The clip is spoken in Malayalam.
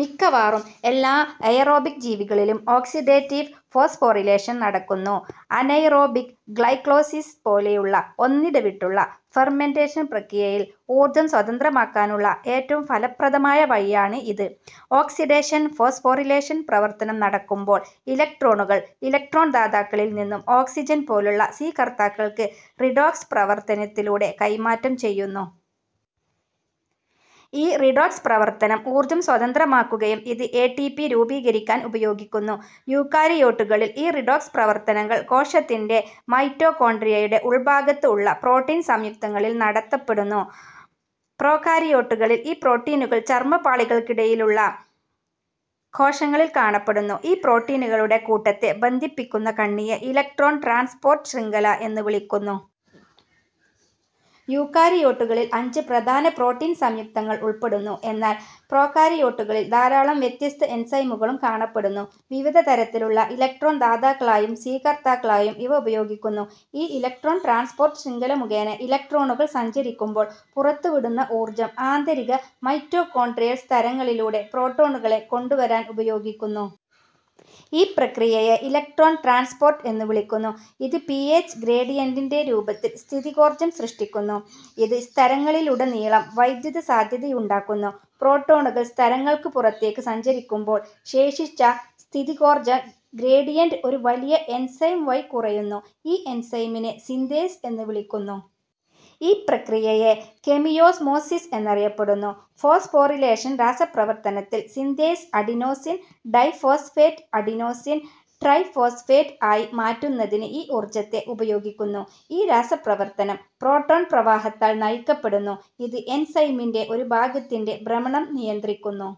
മിക്കവാറും എല്ലാ എയറോബിക് ജീവികളിലും ഓക്സിഡേറ്റീവ് ഫോസ്ഫോറിലേഷൻ നടക്കുന്നു. അനെയ്റോബിക് ഗ്ലൈക്കോളിസിസ് പോലെയുള്ള ഒന്നിടവിട്ടുള്ള ഫെർമെൻറേഷൻ പ്രക്രിയയിൽ ഊർജ്ജം സ്വതന്ത്രമാക്കാനുള്ള ഏറ്റവും ഫലപ്രദമായ വഴിയാണ് ഇത്. ഓക്സിഡേഷൻ ഫോസ്ഫോറിലേഷൻ പ്രവർത്തനം നടക്കുമ്പോൾ, ഇലക്ട്രോണുകൾ ഇലക്ട്രോൺ ദാതാക്കളിൽ നിന്നും ഓക്സിജൻ പോലുള്ള സ്വീകർത്താക്കൾക്ക് റിഡോക്സ് പ്രവർത്തനത്തിലൂടെ കൈമാറ്റം ചെയ്യുന്നു. ഈ റിഡോക്സ് പ്രവർത്തനം ഊർജ്ജം സ്വതന്ത്രമാക്കുകയും, ഇത് എ. ടി. പി. രൂപീകരിക്കാൻ ഉപയോഗിക്കുന്നു. യൂക്കാരിയോട്ടുകളിൽ, ഈ റിഡോക്സ് പ്രവർത്തനങ്ങൾ കോശത്തിന്റെ മൈറ്റോകോൺട്രിയയുടെ ഉൾഭാഗത്ത് ഉള്ള പ്രോട്ടീൻ സംയുക്തങ്ങളിൽ നടത്തപ്പെടുന്നു. പ്രോകാരിയോട്ടുകളിൽ, ഈ പ്രോട്ടീനുകൾ ചർമ്മപാളികൾക്കിടയിലുള്ള കോശങ്ങളിൽ കാണപ്പെടുന്നു. ഈ പ്രോട്ടീനുകളുടെ കൂട്ടത്തെ ബന്ധിപ്പിക്കുന്ന കണ്ണിയെ ഇലക്ട്രോൺ ട്രാൻസ്പോർട്ട് ശൃംഖല എന്നു വിളിക്കുന്നു. യൂക്കാരിയോട്ടുകളിൽ, അഞ്ച് പ്രധാന പ്രോട്ടീൻ സംയുക്തങ്ങൾ ഉൾപ്പെടുന്നു, എന്നാൽ പ്രോകാരിയോട്ടുകളിൽ ധാരാളം വ്യത്യസ്ത എൻസൈമുകളും കാണപ്പെടുന്നു, വിവിധതരത്തിലുള്ള ഇലക്ട്രോൺ ദാതാക്കളായും സ്വീകർത്താക്കളായും ഇവ ഉപയോഗിക്കുന്നു. ഈ ഇലക്ട്രോൺ ട്രാൻസ്പോർട്ട് ശൃംഖല മുഖേന ഇലക്ട്രോണുകൾ സഞ്ചരിക്കുമ്പോൾ പുറത്തുവിടുന്ന ഊർജ്ജം ആന്തരിക മൈറ്റോകോൺട്രിയൽ സ്തരങ്ങളിലൂടെ പ്രോട്ടോണുകളെ കൊണ്ടുവരാൻ ഉപയോഗിക്കുന്നു. ഈ പ്രക്രിയയെ ഇലക്ട്രോൺ ട്രാൻസ്പോർട്ട് എന്നു വിളിക്കുന്നു. ഇത് പി. എച്ച് ഗ്രേഡിയൻറിന്റെ രൂപത്തിൽ സ്ഥിതികോർജ്ജം സൃഷ്ടിക്കുന്നു. ഇത് സ്തരങ്ങളിലുടനീളം വൈദ്യുത സാധ്യതയുണ്ടാക്കുന്നു. പ്രോട്ടോണുകൾ സ്തരങ്ങൾക്കു പുറത്തേക്ക് സഞ്ചരിക്കുമ്പോൾ, ശേഷിച്ച സ്ഥിതികോർജ്ജ ഗ്രേഡിയന്റ് ഒരു വലിയ എൻസൈം വഴി കുറയുന്നു. ഈ എൻസൈമിനെ സിന്തേസ് എന്നുവിളിക്കുന്നു. ഈ പ്രക്രിയയെ കെമിയോസ്മോസിസ് എന്നറിയപ്പെടുന്നു. ഫോസ്ഫോറിലേഷൻ രാസപ്രവർത്തനത്തിൽ synthase adenosine diphosphate adenosine triphosphate ആയി മാറ്റുന്നതിന് ഈ ഊർജ്ജത്തെ ഉപയോഗിക്കുന്നു. ഈ രാസപ്രവർത്തനം പ്രോട്ടോൺ പ്രവാഹത്താൽ നയിക്കപ്പെടുന്നു. ഇത് എൻസൈമിൻറെ ഒരു ഭാഗത്തിന്റെ ഭ്രമണം നിയന്ത്രിക്കുന്നു.